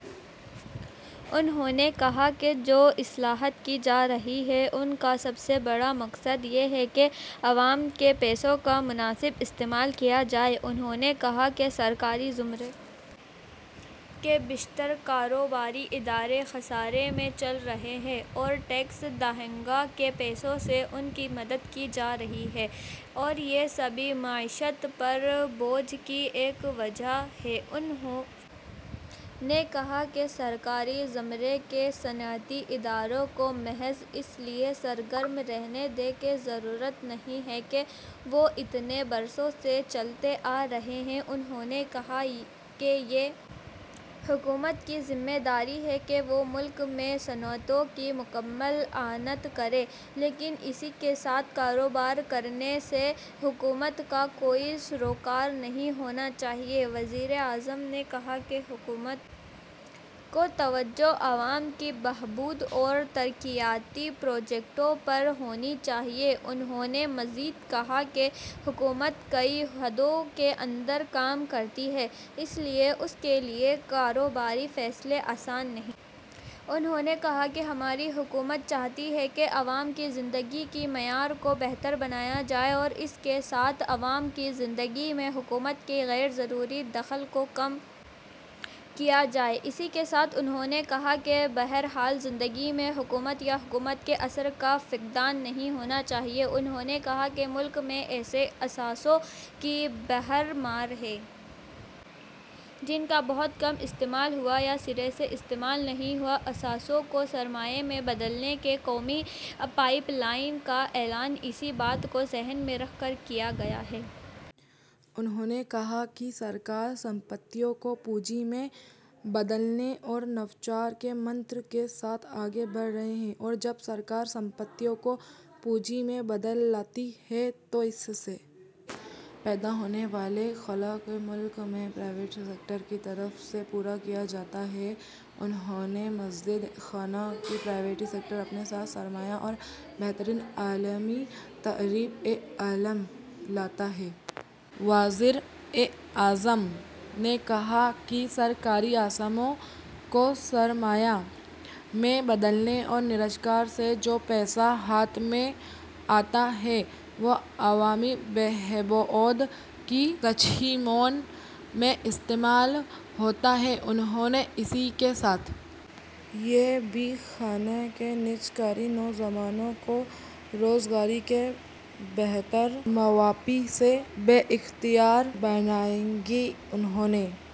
انہوں نے کہا کہ جو اصلاحات کی جا رہی ہیں ان کا سب سے بڑا مقصد یہ ہے کہ عوام کے پیسے کا مناسب استعمال کیا جائے انہوں نے کہا کہ سرکاری زمرے کے بیشتر کاروباری ادارے خسارے میں چل رہے ہیں اور ٹیکس دہندگان کے پیسوں سے ان کی مدد کی جا رہی ہے اور یہ بھی معیشت پر بوجھ کی ایک وجہ ہے انہوں نے کہا کہ سرکاری زمرے کے صنعتی اداروں کو محض اس لیے سرگرم رہنے دینے کی ضرورت نہیں ہے کہ وہ اتنے برسوں سے چلتے آ رہے ہیں انہوں نے کہا کہ یہ حکومت کی ذمہ داری ہے کہ وہ ملک میں صنعتوں کی مکمل اعانت کرے لیکن اسی کے ساتھ کاروبار کرنے سے حکومت کا کوئی سروکار نہیں ہونا چاہیے وزیراعظم نے کہا کہ حکومت کی توجہ عوام کی بہبود اور ترقیاتی پروجیکٹوں پر ہونی چاہیے انہوں نے مزید کہا کہ حکومت کئی حدوں کے اندر کام کرتی ہے اس لیے اس کے لیے کاروباری فیصلے آسان نہیں انہوں نے کہا کہ ہماری حکومت چاہتی ہے کہ عوام کی زندگی کے معیار کو بہتر بنایا جائے اور اسی کے ساتھ عوام کی زندگی میں حکومت کے غیر ضروری دخل کو کم کیا جائے اسی کے ساتھ انہوں نے کہا کہ بہرحال زندگی میں حکومت یا حکومت کے اثر کا فقدان نہیں ہونا چاہیے انہوں نے کہا کہ ملک میں ایسے اثاثوں کی بھرمار ہے جن کا بہت کم استعمال ہوا یا سرے سے استعمال نہیں ہوا اثاثوں کو سرمایہ میں بدلنے کے قومی پائپ لائن کا اعلان اسی بات کو ذہن میں رکھ کر کیا گیا ہے انہوں نے کہا کہ حکومت اثاثوں کو سرمایہ میں بدلنے اور جدت کاری کے منتر کے ساتھ آگے بڑھ رہی ہے اور جب حکومت اثاثوں کو سرمایہ میں بدلتی ہے تو اس سے پیدا ہونے والے خلا کو ملک میں پرائیویٹ سیکٹر کی طرف سے پر کیا جاتا ہے انہوں نے مزید کہا کہ پرائیویٹ سیکٹر اپنے ساتھ سرمایہ اور بہترین عالمی طریقہ عمل لاتا ہے وزیراعظم نے کہا کہ سرکاری اثاثوں کو سرمایہ میں بدلنے اور نجکاری سے جو پیسہ ہاتھ میں آتا ہے وہ عوامی بہبود کی اسکیموں میں استعمال ہوتا ہے انہوں نے اسی کے ساتھ یہ بھی کہا کہ نجکاری نوجوانوں کو روزگار کے بہتر مواقع سے بااختیار بنائے گی انہوں